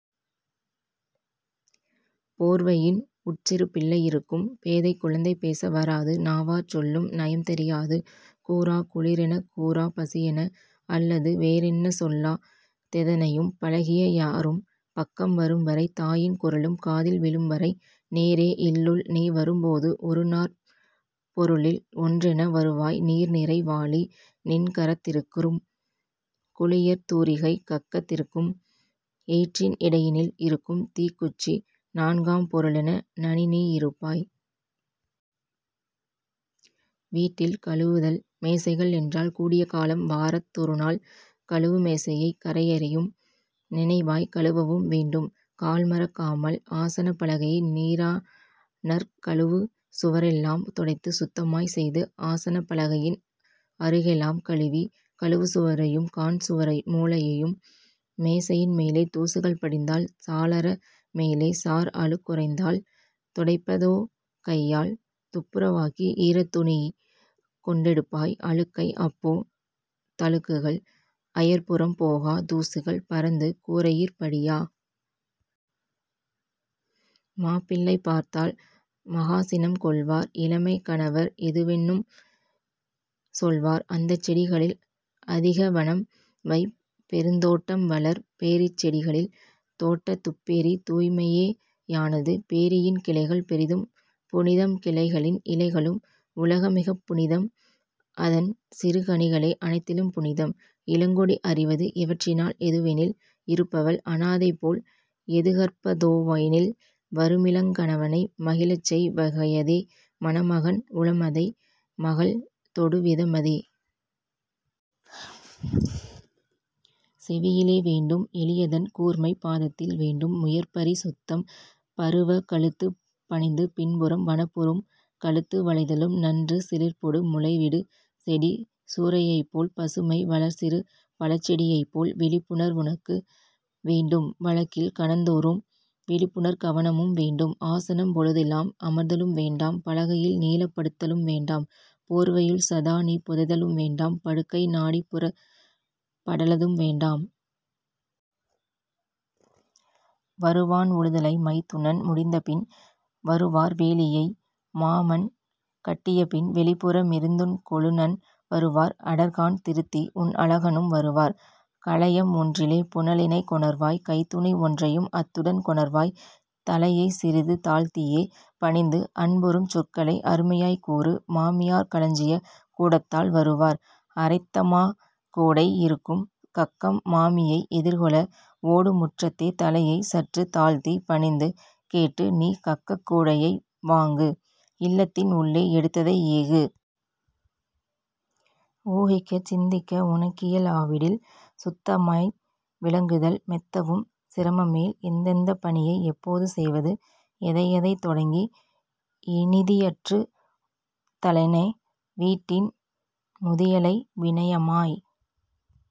போர்வையின் உட்சிறு பிள்ளை யிருக்கும் பேதைக் குழந்தை பேச வராது நாவாற் சொல்லும் நயம்தெரி யாது கூறா குளிரெனக் கூறா பசியென அல்லது வேறென்ன சொல்லா தெதனையும் பழகிய யாரும் பக்கம் வரும்வரை தாயின் குரலும் காதில் விழும்வரை. நேரே இல்லுள் நீவரும் போது உறுநாற் பொருளில் ஒன்றென வருவாய் நீர்நிறை வாளி நின்கரத் திருக்கும் குளியற் தூரிகை கக்கத் திருக்கும் எயிற்றின் இடையினில் இருக்கும்தீக் குச்சி நான்காம் பொருளென நனிநீ யிருப்பாய். வீட்டில் கழுவுதல் மேசைகள் என்றால் கூடிய காலம் வாரத் தொருநாள், கழுவு மேசையைக் கரையையும் நினைவாய் கழுவவும் வேண்டும் கால்மறக் காமல். ஆசனப் பலகையை நீரனாற் கழுவு சுவரெல்லாம் துடைத்துச் சுத்தமாய்க் செய்து ஆசனப் பலகையின் அருகெலாம் கழுவி கழுவு சுவரையும் காண்சுவர் மூலையும் மேசையின் மேலே தூசுகள் படிந்தால் சாளர மேலே சார்அழுக் குறைந்தால் துடைப்பத் தோகையால் துப்புர வாக்கி ஈரத் துணிகொண் டெடுப்பாய் அழுக்கை அப்போ தழுக்குகள் அயற்புறம் போகா தூசுகள் பறந்து கூரையிற் படியா. மாப்பிள்ளை பார்த்தால் மகாசினம் கொள்வார் இளமைக் கணவர் எதுவெனும் சொல்வார். அந்தச் செடிகளில் அதிகவ னம்வை பெருந்தோட் டம்வளர் பேரிச் செடிகளில். தோட்டத் துப்பேரி தூய்மையே யானது பேரியின் கிளைகள் பெரிதும் புனிதம் கிளைகளின் இலைகளும் உளகமிகப் புனிதம் அதன் சிறுகனிகளே அனைத்திலும் புனிதம். இளங்கொடி அறிவது இவற்றினால் எதுவெனில் இருப்பவள் அனாதைபோல் எதுகற்ப தோவெனில் வருமிளங் கணவனை மகிழச்செய் வகையதே மணமகன் உளமதை மகள்தொடு விதமதே. செவியிலே வேண்டும் எலியதன் கூர்மை பாதத்தில் வேண்டும் முயற்பரி சுத்தம். பருவக் கழுத்துப் பணிந்து பின்புறம் வனப்புறும் கழுத்து வளைதலும் நன்று சிலிர்ப்பொடு முளைவிடு செடிசூ ரையைப்போல் பசுமை வளர்சிறு பழச்செடி யைப்போல். விழிப்புணர் வுனக்கு வேண்டும் வழக்கில் கணந்தோறும் விழிப்புணர் கவனமும் வேண்டும் ஆசனம் பொழுதெலாம் அமர்தலும் வேண்டாம் பலகையில் நீளப் படுத்தலும் வேண்டாம் போர்வையுள் சதாநீ புதைதலும் வேண்டாம் படுக்கைநா டிப்புறப் படலதும் வேண்டாம். வருவான் உழுதலை மைத்துனன் முடித்தபின் வருவார் வேலியை மாமன்கட் டியபின் வெளிப்புற மிருந்துன் கொழுநன் வருவார் அடர்கான் திருத்திஉன் அழகனும் வருவார். கலயம் ஒன்றிலே புனலினைக் கொணர்வாய் கைத்துணி ஒன்றையும் அத்துடன் கொணர்வாய் தலையைச் சிறிது தாழ்த்தியே பணிந்து அன்புறும் சொற்களை அருமையாய்க் கூறு. மாமியார் களஞ்சியக் கூடத்தால் வருவார் அரைத்தமாக் கூடை இருக்கும் கக்கம் மாமியை எதிர்கொள ஓடுமுற் றத்தே தலையைச் சற்றுத் தாழ்த்திப் பணிந்து கேட்டுநீ கக்கக் கூடையை வாங்கு இல்லத்தின் உள்ளே எடுத்ததை ஏகு. ஊகிக்கச் சிந்திக்க உனக்கிய லாவிடில் சுத்தமாய் விளங்குதல் மெத்தவும் சிரமமேல் எந்தெந்தப் பணியை எப்போது செய்வது எதையெதைத் தொடங்கி இனிதியற் றுதலென வீட்டின் முதியளை வினயமாய்க்